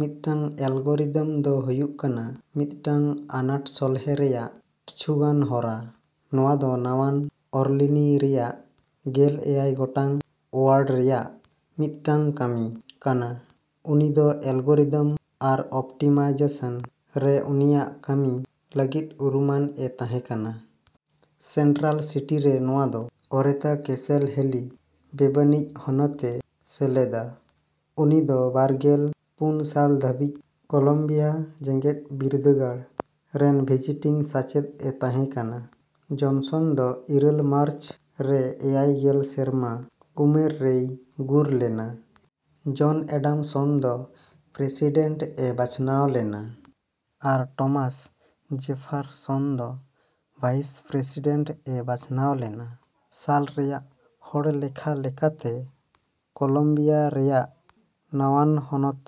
ᱢᱤᱫᱴᱟᱝ ᱮᱞᱜᱚᱨᱤᱫᱚᱢ ᱫᱚ ᱦᱩᱭᱩᱜ ᱠᱟᱱᱟ ᱢᱤᱫᱴᱟᱝ ᱟᱱᱟᱴ ᱥᱚᱞᱦᱮ ᱨᱮᱭᱟᱜ ᱠᱤᱪᱷᱩ ᱜᱟᱱ ᱦᱚᱨᱟ᱾ ᱱᱚᱶᱟ ᱫᱚ ᱱᱟᱣᱟᱱ ᱚᱨᱞᱤᱱᱥ ᱨᱮᱭᱟᱜ ᱜᱮᱞ ᱮᱭᱟᱭ ᱜᱚᱴᱟᱝ ᱳᱣᱟᱨᱰ ᱨᱮᱭᱟᱜ ᱢᱤᱫᱴᱟᱝ ᱠᱟᱹᱢᱤ ᱠᱟᱱᱟ᱾ ᱩᱱᱤ ᱫᱚ ᱮᱞᱜᱚᱨᱤᱫᱚᱢ ᱟᱨ ᱚᱯᱴᱤᱢᱟᱭᱡᱮᱥᱚᱱ ᱨᱮ ᱩᱱᱤᱭᱟᱜ ᱠᱟᱹᱢᱤ ᱞᱟᱹᱜᱤᱫ ᱩᱨᱩᱢᱟᱱᱼᱮ ᱛᱟᱦᱮᱠᱟᱱᱟ᱾ ᱥᱮᱱᱴᱨᱟᱞ ᱥᱤᱴᱤᱨᱮ ᱱᱚᱶᱟ ᱫᱚ ᱳᱨᱮᱛᱷᱟ ᱠᱮᱹᱥᱮᱞ ᱦᱮᱹᱞᱤ ᱵᱮᱵᱟᱹᱱᱤᱡ ᱦᱚᱱᱚᱛᱮ ᱥᱮᱞᱮᱫᱟ᱾ ᱩᱱᱤ ᱫᱚ ᱵᱟᱨᱜᱮᱞ ᱯᱩᱱ ᱥᱟᱞ ᱫᱷᱟᱹᱵᱤᱡ ᱠᱚᱞᱚᱢᱵᱤᱭᱟ ᱡᱮᱜᱮᱫ ᱵᱤᱨᱫᱟᱹᱜᱟᱲ ᱨᱮᱱ ᱵᱷᱤᱡᱤᱴᱤᱝ ᱥᱟᱪᱮᱫᱼᱮ ᱛᱟᱦᱮᱠᱟᱱᱟ᱾ ᱡᱚᱱᱥᱚᱱ ᱫᱚ ᱤᱨᱟᱹᱞ ᱢᱟᱨᱪ, ᱨᱮ ᱮᱭᱟᱭ ᱜᱮᱞ ᱥᱮᱨᱢᱟ ᱩᱢᱮᱨ ᱨᱮᱭ ᱜᱩᱨ ᱞᱮᱱᱟ᱾ ᱡᱚᱱ ᱮᱹᱰᱟᱢᱥᱚᱱ ᱫᱚ ᱯᱨᱮᱥᱤᱰᱮᱱᱴ ᱮ ᱵᱟᱪᱷᱱᱟᱣ ᱞᱮᱱᱟ, ᱟᱨ ᱴᱚᱢᱟᱥ ᱡᱮᱯᱷᱟᱨᱥᱚᱱ ᱫᱚ ᱵᱷᱟᱭᱤᱥ ᱯᱨᱮᱥᱤᱰᱮᱱᱴ ᱮ ᱵᱟᱪᱷᱱᱟᱣ ᱞᱮᱱᱟ᱾ ᱥᱟᱞ ᱨᱮᱭᱟᱜ ᱦᱚᱲᱞᱮᱠᱷᱟ ᱞᱮᱠᱟᱛᱮ ᱠᱚᱞᱚᱢᱵᱤᱭᱟ ᱨᱮᱭᱟᱜ ᱱᱟᱣᱟᱱ ᱦᱚᱱᱚᱛ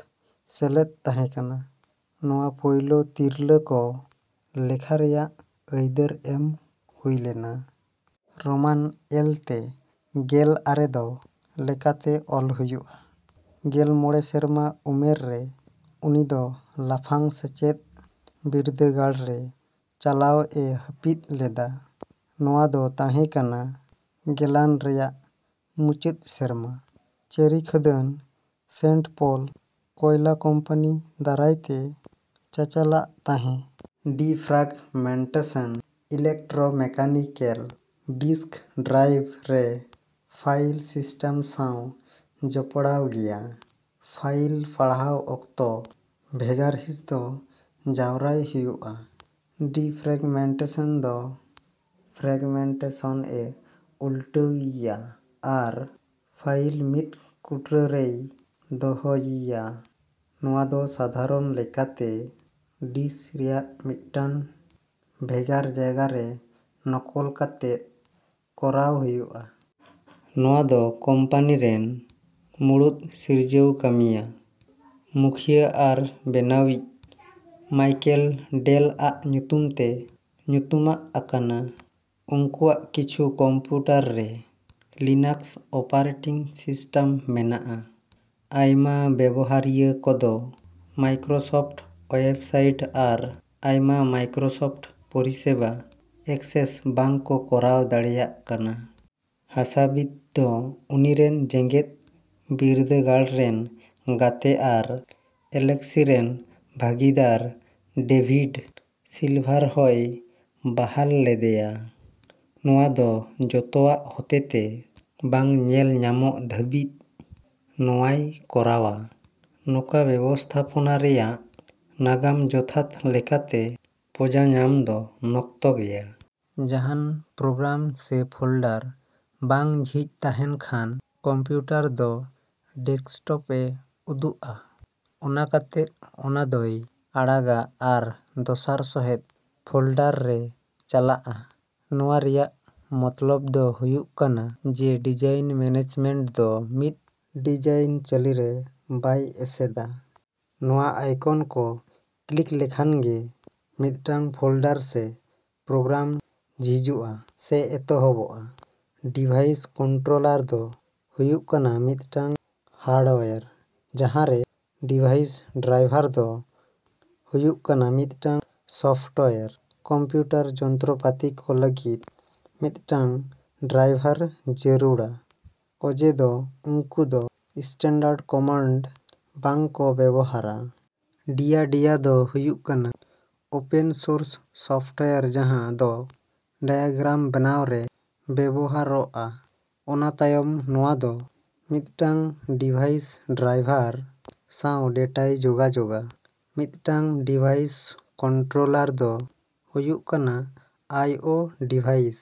ᱥᱮᱞᱮᱫ ᱛᱟᱦᱮᱸ ᱠᱟᱱᱟ᱾ ᱱᱚᱶᱟ ᱯᱳᱭᱞᱳ ᱛᱤᱨᱞᱟᱹ ᱠᱚ ᱞᱮᱠᱷᱟ ᱨᱮᱭᱟᱜ ᱟᱹᱭᱫᱟᱹᱨ ᱮᱢ ᱦᱩᱭ ᱞᱮᱱᱟ᱾ ᱨᱳᱢᱟᱱ ᱮᱞ ᱛᱮ ᱜᱮᱞ ᱟᱨᱮ ᱫᱚ ᱞᱮᱠᱟᱛᱮ ᱚᱞ ᱦᱩᱭᱩᱜᱼᱟ᱾ ᱜᱮᱞ ᱢᱚᱬᱮ ᱥᱮᱨᱢᱟ ᱩᱢᱮᱨ ᱨᱮ ᱩᱱᱤ ᱫᱚ ᱞᱟᱯᱷᱟᱝ ᱥᱮᱪᱮᱫ ᱵᱤᱨᱫᱟᱹᱜᱟᱲ ᱨᱮ ᱪᱟᱞᱟᱣᱼᱮ ᱦᱟᱹᱯᱤᱫ ᱞᱮᱫᱟ᱾ ᱱᱚᱶᱟ ᱫᱚ ᱛᱟᱦᱮᱸ ᱠᱟᱱᱟ ᱜᱮᱞᱟᱱ ᱨᱮᱭᱟᱜ ᱢᱩᱪᱟᱹᱫ ᱥᱮᱨᱢᱟ᱾ ᱪᱮᱨᱤ ᱠᱷᱟᱹᱫᱟᱹᱱ ᱥᱮᱱᱴ ᱯᱚᱞ ᱠᱚᱭᱞᱟ ᱠᱳᱢᱯᱟᱱᱤ ᱫᱟᱨᱟᱭᱛᱮ ᱪᱟᱪᱟᱞᱟᱜ ᱛᱟᱦᱮᱸ᱾ ᱰᱤᱯᱷᱨᱟᱜᱢᱮᱱᱴᱮᱥᱚᱱ ᱤᱞᱮᱠᱴᱨᱳᱢᱮᱠᱟᱱᱤᱠᱮᱞ ᱰᱤᱥᱠ ᱰᱨᱟᱭᱤᱵᱷ ᱨᱮ ᱯᱷᱟᱭᱤᱞ ᱥᱤᱥᱴᱟᱢ ᱥᱟᱶ ᱡᱚᱯᱚᱲᱟᱣ ᱜᱮᱭᱟ᱾ ᱯᱷᱟᱭᱤᱞ ᱯᱟᱲᱦᱟᱣ ᱚᱠᱛᱚ, ᱵᱷᱮᱜᱟᱨ ᱦᱤᱸᱥ ᱫᱚ ᱡᱟᱣᱨᱟᱭ ᱦᱩᱭᱩᱜᱼᱟ᱾ ᱰᱤᱯᱷᱨᱮᱜᱢᱮᱱᱴᱮᱥᱚᱱ ᱫᱚ ᱯᱷᱨᱮᱜᱢᱮᱱᱴᱮᱥᱚᱱᱼᱮ ᱩᱞᱴᱟᱹᱣᱤᱭᱟ ᱟᱨ ᱯᱷᱟᱭᱤᱞ ᱢᱤᱫ ᱠᱩᱴᱨᱟᱹ ᱨᱮᱭ ᱫᱚᱦᱚᱭᱤᱭᱟ᱾ ᱱᱚᱣᱟ ᱫᱚ ᱥᱟᱫᱷᱟᱨᱚᱱ ᱞᱮᱠᱟᱛᱮ ᱰᱤᱥᱠ ᱨᱮᱭᱟᱜ ᱢᱤᱫᱴᱟᱝ ᱵᱷᱮᱜᱟᱨ ᱡᱟᱭᱜᱟᱨᱮ ᱱᱚᱠᱚᱞ ᱠᱟᱛᱮᱫ ᱠᱚᱨᱟᱣ ᱦᱩᱭᱩᱜᱼᱟ᱾ ᱱᱚᱣᱟ ᱫᱚ ᱠᱳᱢᱯᱟᱹᱱᱤ ᱨᱮᱱ ᱢᱩᱲᱩᱫ ᱥᱤᱨᱡᱟᱹᱣ ᱠᱟᱹᱢᱤᱭᱟᱹ ᱢᱩᱠᱷᱭᱟᱹ ᱟᱨ ᱵᱮᱱᱟᱣᱤᱡ ᱢᱟᱭᱠᱮᱞ ᱰᱮᱞᱼᱟᱜ ᱧᱩᱛᱩᱢ ᱛᱮ ᱧᱩᱛᱩᱢᱟ ᱟᱠᱟᱱᱟ᱾ ᱩᱝᱠᱩᱣᱟᱜ ᱠᱤᱪᱷᱩ ᱠᱚᱢᱯᱤᱭᱩᱴᱟᱨ ᱨᱮ ᱞᱤᱱᱟᱠᱥ ᱚᱯᱟᱨᱮᱴᱤᱝ ᱥᱤᱥᱴᱟᱢ ᱢᱮᱱᱟᱜᱼᱟ᱾ ᱟᱭᱢᱟ ᱵᱮᱵᱚᱦᱟᱨᱤᱭᱟᱹ ᱠᱚᱫᱚ ᱢᱟᱭᱠᱨᱳᱥᱚᱯᱷᱴ ᱳᱣᱮᱵᱥᱟᱭᱤᱴ ᱟᱨ ᱟᱭᱢᱟ ᱢᱟᱭᱠᱨᱳᱥᱚᱯᱷᱴ ᱯᱚᱨᱤᱥᱮᱵᱟ ᱮᱠᱥᱮᱥ ᱵᱟᱝᱠᱚ ᱠᱚᱨᱟᱣ ᱫᱟᱲᱮᱭᱟᱜ ᱠᱟᱱᱟ᱾ ᱦᱟᱥᱟᱵᱤᱛ ᱫᱚ ᱩᱱᱤᱨᱮᱱ ᱡᱮᱜᱮᱫ ᱵᱤᱨᱫᱟᱹᱜᱟᱲ ᱨᱮᱱ ᱜᱟᱛᱮ ᱟᱨ ᱮᱞᱤᱠᱥᱤ ᱨᱮᱱ ᱵᱷᱟᱹᱜᱤᱫᱟᱨ ᱰᱮᱵᱷᱤᱰ ᱥᱤᱞᱵᱷᱟᱨ ᱦᱚᱸᱭ ᱵᱟᱦᱟᱞ ᱞᱮᱫᱮᱭᱟ᱾ ᱱᱚᱣᱟ ᱫᱚ ᱡᱚᱛᱚᱣᱟᱜ ᱦᱚᱛᱮᱛᱮ ᱵᱟᱝ ᱧᱮᱞ ᱧᱟᱢᱚᱜ ᱫᱷᱟᱹᱵᱤᱡ ᱱᱚᱣᱟᱭ ᱠᱚᱨᱟᱣᱼᱟ᱾ ᱱᱚᱠᱟ ᱵᱮᱵᱚᱥᱛᱷᱟᱯᱚᱱᱟ ᱨᱮᱭᱟᱜ ᱱᱟᱜᱟᱢ ᱡᱚᱛᱷᱟᱛ ᱞᱮᱠᱟᱛᱮ ᱯᱟᱸᱡᱟ ᱧᱟᱢ ᱫᱚ ᱢᱚᱠᱛᱚ ᱜᱮᱭᱟ᱾ ᱡᱟᱦᱟᱱ ᱯᱨᱳᱜᱨᱟᱢ ᱥᱮ ᱯᱷᱳᱞᱰᱟᱨ ᱵᱟᱝ ᱡᱷᱤᱡ ᱛᱟᱦᱮᱱ ᱠᱷᱟᱱ, ᱠᱚᱢᱯᱤᱭᱩᱴᱟᱨ ᱫᱚ ᱰᱮᱥᱠᱴᱚᱯᱼᱮ ᱩᱫᱩᱜᱼᱟ᱾ ᱚᱱᱟ ᱠᱟᱛᱮᱫ ᱚᱱᱟ ᱫᱚᱭ ᱟᱲᱟᱜᱟ ᱟᱨ ᱫᱚᱥᱟᱨ ᱥᱚᱦᱮᱫ ᱯᱷᱳᱞᱰᱟᱨ ᱨᱮ ᱪᱟᱞᱟᱜᱼᱟ᱾ ᱱᱚᱣᱟ ᱨᱮᱭᱟᱜ ᱢᱚᱛᱞᱚᱵ ᱫᱚ ᱦᱩᱭᱩᱜ ᱠᱟᱱᱟ ᱡᱮ ᱰᱤᱡᱟᱭᱤᱱ ᱢᱮᱱᱮᱡᱢᱮᱱᱴ ᱫᱚ ᱢᱤᱫ ᱰᱤᱡᱟᱭᱤᱱ ᱪᱟᱹᱞᱤ ᱨᱮ ᱵᱟᱭ ᱮᱥᱮᱫᱼᱟ᱾ ᱱᱚᱣᱟ ᱤᱭᱠᱚᱱ ᱠᱚ ᱠᱞᱤᱠ ᱞᱮᱠᱷᱟᱱ ᱜᱮ ᱢᱤᱫᱴᱟᱝ ᱯᱷᱳᱞᱰᱟᱨ ᱥᱮ ᱯᱨᱳᱜᱨᱟᱢ ᱡᱷᱤᱡᱩᱜᱼᱟ ᱥᱮ ᱮᱛᱚᱦᱚᱵᱚᱜᱼᱟ᱾ ᱰᱤᱵᱷᱟᱭᱤᱥ ᱠᱚᱱᱴᱨᱳᱞᱟᱨ ᱫᱚ ᱦᱩᱭᱩᱜ ᱠᱟᱱᱟ ᱢᱤᱫᱴᱟᱝ ᱦᱟᱨᱰᱳᱣᱮᱨ ᱡᱟᱦᱟᱨᱮ ᱰᱤᱵᱷᱟᱭᱤᱥ ᱰᱨᱟᱭᱵᱷᱟᱨ ᱫᱚ ᱦᱩᱭᱩᱜ ᱠᱟᱱᱟ ᱢᱤᱫᱴᱟᱝ ᱥᱚᱯᱷᱴᱳᱣᱮᱨ᱾ ᱠᱚᱢᱯᱤᱭᱩᱴᱟᱨ ᱡᱚᱱᱛᱚᱨ ᱯᱟᱹᱛᱤ ᱠᱚ ᱞᱟᱹᱜᱤᱫ ᱢᱤᱫᱴᱟᱝ ᱰᱨᱟᱭᱵᱷᱟᱨ ᱡᱟᱹᱨᱩᱲᱟ ᱚᱡᱮ ᱫᱚ ᱩᱝᱠᱩ ᱫᱚ ᱥᱴᱟᱱᱰᱟᱨᱰ ᱠᱚᱢᱟᱱᱰ ᱵᱟᱝ ᱠᱚ ᱵᱮᱵᱚᱦᱟᱨᱟ᱾ ᱰᱤᱭᱟ ᱰᱤᱭᱟ ᱫᱚ ᱦᱩᱭᱩᱜ ᱠᱟᱱᱟ ᱳᱯᱮᱱ ᱥᱳᱨᱥ ᱥᱚᱯᱷᱴᱳᱣᱮᱨ ᱡᱟᱦᱟ ᱫᱚ ᱰᱟᱭᱟᱜᱨᱟᱢ ᱵᱮᱱᱟᱣ ᱨᱮ ᱵᱮᱵᱚᱦᱟᱨᱚᱜᱼᱟ᱾ ᱚᱱᱟ ᱛᱟᱭᱚᱢ ᱱᱚᱣᱟ ᱫᱚ ᱢᱤᱫᱴᱟᱝ ᱰᱤᱵᱷᱟᱭᱤᱥ ᱰᱨᱟᱭᱵᱷᱟᱨ ᱥᱟᱣ ᱰᱮᱴᱟᱭ ᱡᱳᱜᱟᱡᱳᱜᱼᱟ᱾ ᱢᱤᱫᱴᱟᱝ ᱰᱤᱵᱷᱟᱭᱤᱥ ᱠᱚᱱᱴᱨᱳᱞᱟᱨ ᱫᱚ ᱦᱩᱭᱩᱜ ᱠᱟᱱᱟ ᱟᱭ ᱳ ᱰᱤᱵᱷᱟᱭᱤᱥ᱾